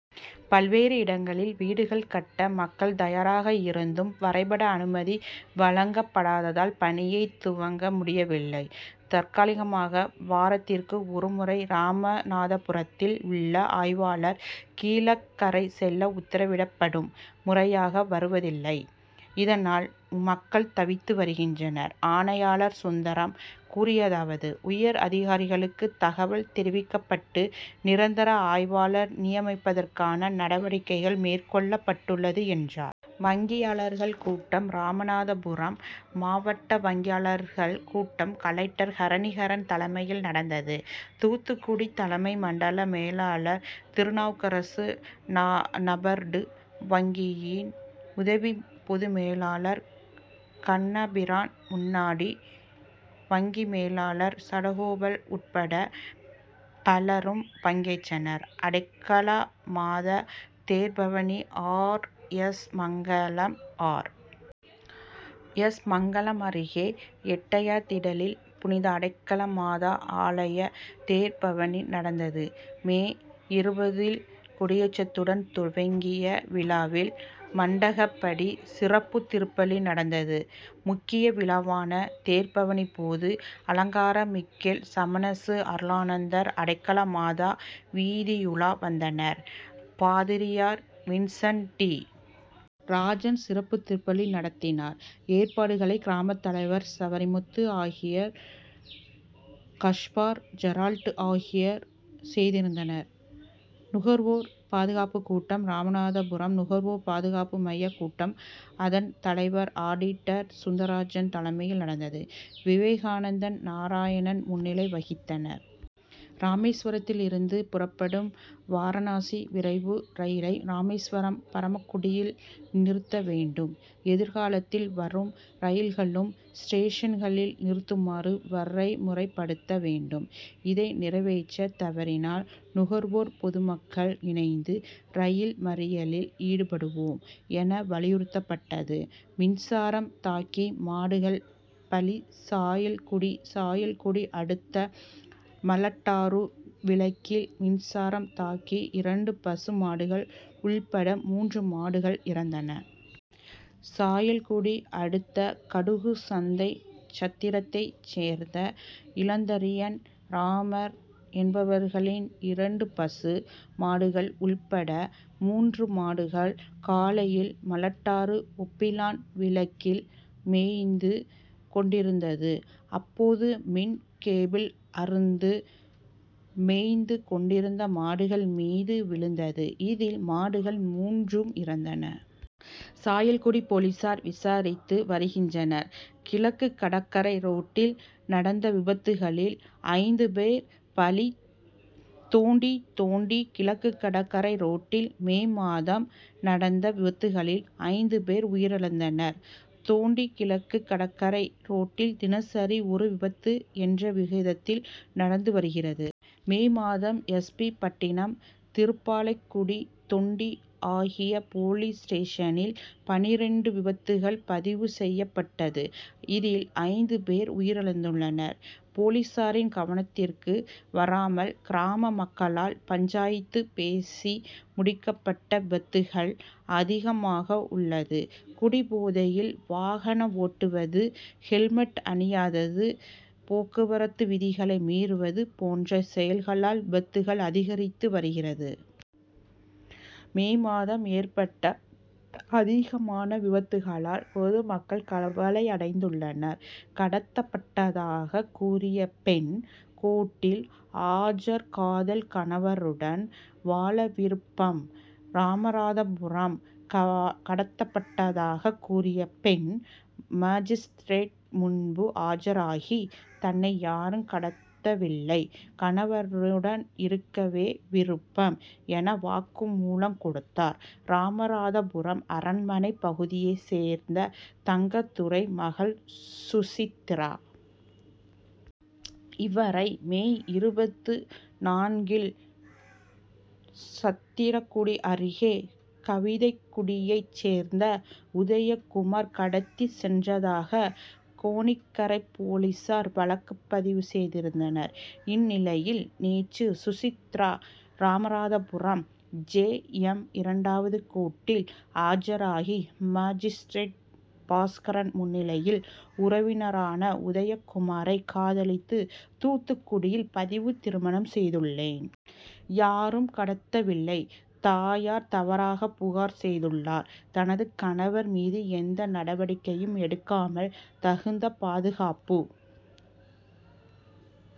பல்வேறு இடங்களில் வீடுகள் கட்ட மக்கள் தயாராக இருந்தும் வரைபட அனுமதி வழங்கப் படாததால் பணியை துவங்க முடியவில்லை. தற்காலிகமாக வாரத்திற்கு ஒருமுறை ராமநாதபுரத்தில் உள்ள ஆய்வாளர் கீழக்கரை செல்ல உத்தரவிடப்பட்டும் முறையாக வருவதில்லை. இதனால் மக்கள் தவித்து வருகின்றனர். ஆணையாளர் சுந்தரம் கூறியதாவது உயர் அதிகாரிகளுக்கு தகவல் தெர்விக்கப்பட்டு நிரந்தர ஆய்வாளர் நியமிப்பதற்கான நடவடிக்கைகள் மேற்கொள்ளப் பட்டுள்ளது, என்றார். வங்கியாளர்கள் கூட்டம் ராமநாதபுரம் மாவட்ட வங்கியாளர்கள் கூட்டம் கலெக்டர் ஹரிஹரன் தலைமையில் நடந்தது. தூத்துக்குடி தலைமை மண்டல மேலாளர் திருநாவுக்கரசு, நபார்டு வங்கியின் உதவி பொதுமேலாளர் கண்ணபிரான், முன்னோடி வங்கி மேலாளர் சடகோபால் உட்பட பலரும் பங்கேற்றனர். அடைக்கல மாதா தேர்பவனி R. S. Mangalam R. S. Mangalam அருகே எட்டயதிடலில் புனித அடைக்கல மாதா ஆலய தேர்பவனி நடந்தது. மே இருபது ல் கொடியேற்றதுடன் துவங்கிய விழாவில் மண்டகபடி, சிறப்பு திருப்பலி நடந்தது. முக்கிய விழாவான தேர்பவனிபோது அலங்கார மிக்கேல், சம்மனசு அருளானந்தர், அடைக்கலமாதா வீதியுலா வந்தனர். பாதிரியார் வின்சென்ட் டி. ராஜன் சிறப்பு திருப் பலி நடத்தினார். ஏற் பாடுகளை கிராம தலைவர் சவரிமுத்து, ஆசிரியர் கஸ்பார், ஜெரால்ட் ஆகியோர் செய்திருந்தனர். நுகர்வோர் பாதுகாப்பு கூட்டம் ராமநாதபுரம் நுகர்வோர் பாதுகாப்பு மைய கூட்டம் அதன் தலைவர் ஆடிட்டர் சுந்தராஜன் தலைமையில் நடந்தது. விவேகானந்தன், நாராயணன் முன்னிலை வகித்தனர். ராமேஸ்வரத்திலிருந்து புறப்படும் வாரணாசி விரைவு ரயிலை ராமேஸ்வரம், பரமக்குடியில் நிறுத்த வேண்டும். எதிர்காலத்தில் வரும் ரயில்களும் ஸ்டேஷன்களில் நிறுத்துமாறு வரைமுறைப்படுத்த வேண்டும். இதை நிறைவேற்ற தவறினால் நுகர்வோர், பொதுமக்கள் இணைந்து ரயில் மறியலில் ஈடுபடுவோம், என வலியுறுத்தப்பட்டது. மின்சாரம் தாக்கி மாடுகள் பலி சாயல்குடி சாயல்குடி அடுத்த மலட்டாறு விலக்கில் மின் சாரம் தாக்கி இரண்டு பசு மாடுகள் உள்பட மூன்று மாடுகள் இறந்தன. சாயல்குடி அடுத்த கடுகுசந்தை சத்திரத்தை சேர்ந்த இளந்தரியன், ராமர் என்பவர்களின் இரண்டு பசு மாடுகள் உள்பட மூன்று மாடுகள் காலையில் மலட்டாறு ஒப்பிலான் விலக்கில் மேய்ந்து கொண்டிருந்தது. அப்போது, மின் கேபிள் அறுந்து, மேய்ந்து கொண்டிருந்த மாடுகள் மீது விழுந்தது. இதில் மாடுகள் மூன்றும் இறந்தன. சாயல்குடி போலீசார் விசாரித்து வருகின்றனர். கிழக்கு கடற்கரை ரோட்டில் நடந்த விபத்துகளில் ஐந்து பேர் பலி தொண்டி தொண்டி கிழக்குகடற்கரை ரோட்டில் மே மாதம் நடந்த விபத்துகளில் ஐந்து பேர் உயிரிழந்துள்ளனர். தொண்டி கிழக்கு கடற்கரை ரோட்டில் தினசரி ஒரு விபத்து என்ற விகிதத்தில் நடந்து வருகிறது. மே மாதம் எஸ். பி. பட்டினம், திருப்பாலைக்குடி, தொண்டி ஆகிய போலீஸ்ஸ்டேஷனில் பன்னிரண்டு விபத்துகள் பதிவு செய்யபட்டது. இதில் ஐந்துபேர் உயிழந்துள்ளனர். போலீசாரின் கவனத்திற்கு வராமல் கிராம மக்களால் பஞ்சாயத்து பேசி முடிக்கபட்ட விபத்துகள் அதிகமாக உள்ளது. குடிபோதையில் வாகனம் ஓட்டுவது, ஹெல்மெட் அணியாதது, போக்குவரத்து விதிகளை மீறுவது போன்ற செயல்களால் விபத்துகள் அதிகரித்து வருகிறது. மே மாதம் ஏற்பட்ட அதிகமான விபத்துகளால் பொதுமக்கள் கவலையடைந்துள்ளனர். கடத்தப்பட்டதாக கூறிய பெண் கோர்ட்டில் ஆஜர்காதல் கணவருடன் வாழ விருப்பம் ராமநாதபுரம் கடத்தப்பட்டதாக கூறிய பெண் மாஜிஸ்திரேட் முன்பு ஆஜராகி, தன்னை யாரும் கடத்தவில்லை, கணவருடன் இருக்கவே விருப்பம் என, வாக்குமூலம் கொடுத்தார். ராமநாதபுரம் அரண் மனை பகுதியை சேர்ந்த தங்கதுரை மகள் சுசித்ரா. இவரை மே இருபத்து நான்கு ல் சத்திரக்குடி அருகே கவிதைகுடியை சேர்ந்த உதயகுமார் கடத்தி சென்றதாக கேணிக்கரை போலீசார் வழக்குபதிவு செய்திருந்தனர். இந்நிலையில் நேற்று சுசித்ரா ராமநாதபுரம் ஜே. எம். இரண்டாவது கோர்ட்டில் ஆஜராகி மாஜிஸ்திரேட் பாஸ்கரன் முன்னிலையில் உறவினரான உதயகுமாரை காதலித்து தூத்துக் குடியில் பதிவு திருமணம் செய்துள்ளேன். யாரும் கடத்தவில்லை. தாயார் தவறாக புகார் செய்துள்ளார். தனது கணவர் மீது எந்த நடவடிக்கையும் எடுக்காமல் தகுந்த பாதுகாப்பு